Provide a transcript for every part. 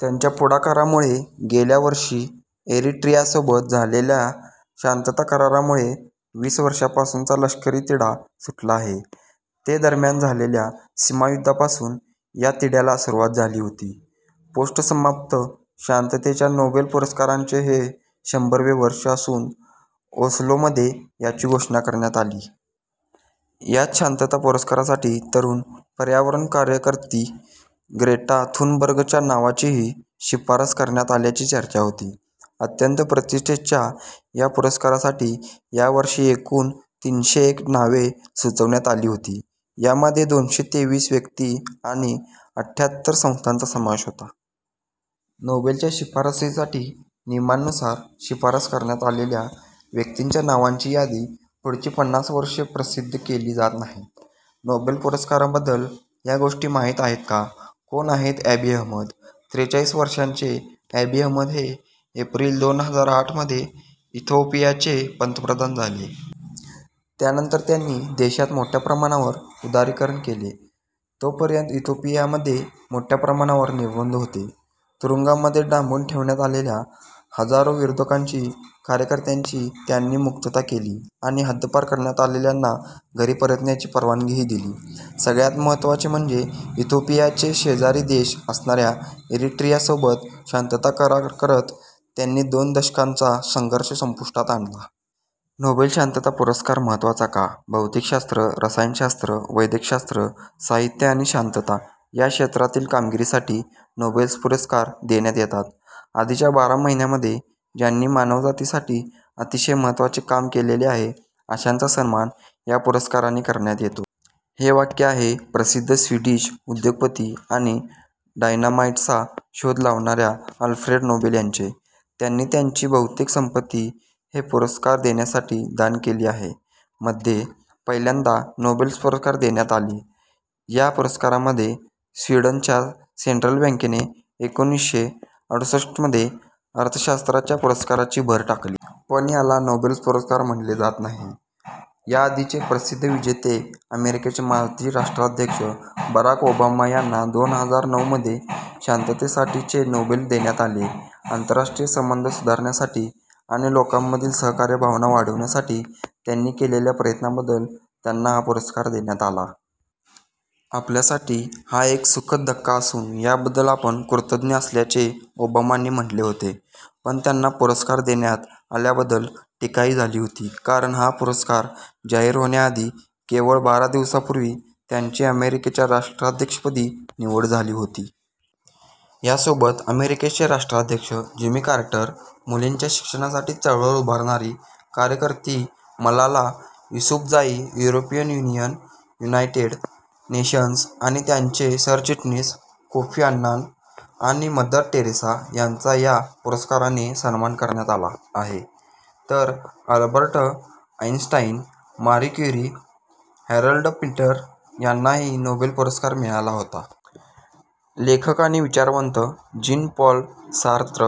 त्यांच्या पुढाकारामुळे गेल्या वर्षी एरिट्रियासोबत झालेल्या शांतताकरारामुळे वीस वर्षांपासूनचा लष्करी तिढा सुटला आहे. ते दरम्यान झालेल्या सीमायुद्धापासून या तिढ्याला सुरुवात झाली होती. पोस्ट समाप्त, शांततेच्या नोबेल पुरस्कारांचे हे शंभरवे वर्ष असून ओस्लोमध्ये याची घोषणा करण्यात आली. याच शांतता पुरस्कारासाठी तरुण पर्यावरणकार्यकर्ती ग्रेटा थुनबर्गच्या नावाचीही शिफारस करण्यात आल्याची चर्चा होती. अत्यंत प्रतिष्ठेच्या या पुरस्कारासाठी या वर्षी एकूण तीनशे एक नावे सुचवण्यात आली होती. यामध्ये दोनशे तेवीस व्यक्ती आणि अठ्ठ्यात्तर संस्थांचा समावेश होता. नोबेलच्या शिफारसीसाठीच्या नियमांनुसार शिफारस करण्यात आलेल्या व्यक्तींच्या नावांची यादी पुढची पन्नास वर्षे प्रसिद्ध केली जात नाही. नोबेल पुरस्कारांबद्दल या गोष्टी माहीत आहेत का? कोण आहेत ॲबी अहमद? त्रेचाळीस वर्षांचे ॲबी अहमद हे एप्रिल दोन हजार आठमध्ये इथिओपियाचे पंतप्रधान झाले. त्यानंतर त्यांनी देशात मोठ्या प्रमाणावर उदारीकरण केले. तोपर्यंत इथिओपियामध्ये मोठ्या प्रमाणावर निर्बंध होते. तुरुंगामध्ये डांबून ठेवण्यात आलेल्या हजारो विरोधकांची कार्यकर्त्यांची त्यांनी मुक्तता केली आणि हद्दपार करण्यात आलेल्यांना घरी परतण्याची परवानगीही दिली. सगळ्यांत महत्त्वाचे म्हणजे इथिओपियाचा शेजारी देश असणाऱ्या एरिट्रियासोबत शांतता करार करत त्यांनी दोन दशकांचा संघर्ष संपुष्टात आणला. नोबेल शांतता पुरस्कार महत्त्वाचा का? भौतिकशास्त्र, रसायनशास्त्र, वैद्यकशास्त्र, साहित्य आणि शांतता या क्षेत्रांतील कामगिरीसाठी नोबेल पुरस्कार देण्यात येतात. आधीच्या बारा महिन्यांमध्ये ज्यांनी मानवजातीसाठी अतिशय महत्त्वाचे काम केलेले आहे, अशांचा सन्मान या पुरस्काराने करण्यात येतो. "" हे वाक्य आहे प्रसिद्ध स्वीडिश उद्योगपती आणि डायनामाईटचा शोध लावणाऱ्या अल्फ्रेड नोबेल यांचे. त्यांनी त्यांची बहुतेक संपत्ती हे पुरस्कार देण्यासाठी दान केली आहे. मध्ये पहिल्यांदा नोबेल पुरस्कार देण्यात आले. या पुरस्कारांमध्ये स्वीडनच्या सेंट्रल बँकेने एकोणीसशे अडोष्ठमध्ये अर्थशास्त्राच्या पुरस्काराची भर टाकली. पण याला नोबेल पुरस्कार म्हटले जात नाही. याआधीचे प्रसिद्ध विजेते अमेरिकेचे माजी राष्ट्राध्यक्ष बराक ओबामा यांना दोन हजार नऊमध्ये शांततेसाठीचे नोबेल देण्यात आले. "आंतरराष्ट्रीय संबंध सुधारण्यासाठी आणि लोकांमधील सहकार्य भावना वाढवण्यासाठी त्यांनी केलेल्या प्रयत्नांबद्दल" त्यांना हा पुरस्कार देण्यात आला. आपल्यासाठी हा एक सुखद धक्का असून याबद्दल आपण कृतज्ञ असल्याचे ओबामांनी म्हटले होते. पण त्यांना पुरस्कार देण्यात आल्याबद्दल टीकाही झाली होती. कारण हा पुरस्कार जाहीर होण्याआधी केवळ बारा दिवसांपूर्वी त्यांची अमेरिकेच्या राष्ट्राध्यक्षपदी निवड झाली होती. यासोबत अमेरिकेचे राष्ट्राध्यक्ष जिमी कार्टर, मुलींच्या शिक्षणासाठी चळवळ उभारणारी कार्यकर्ती Malala Yousafzai, European Union, United Nations आणि त्यांचे सरचिटणीस कोफी अन्नान आणि मदर टेरेसा यांचा या पुरस्काराने सन्मान करण्यात आला आहे. तर Albert Einstein, Marie Curie, Harold Pinter यांनाही नोबेल पुरस्कार मिळाला होता. लेखक आणि विचारवंत जीन पॉल सार्त्र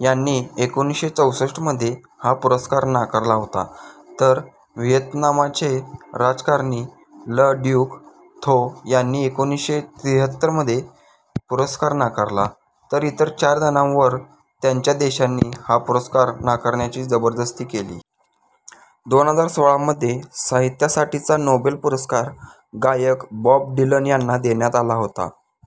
यांनी एकोणीसशे चौसष्टमध्ये हा पुरस्कार नाकारला होता. तर व्हिएतनामचे राजकारणी ल ड्युक थो यांनी एकोणीसशे तिहत्तरमध्ये पुरस्कार नाकारला. तर इतर चार जणांवर त्यांच्या देशांनी हा पुरस्कार नाकारण्याची जबरदस्ती केली. दोन हजार सोळामध्ये साहित्यासाठीचा नोबेल पुरस्कार गायक बॉब डिलन यांना देण्यात आला होता. हे वाचले का?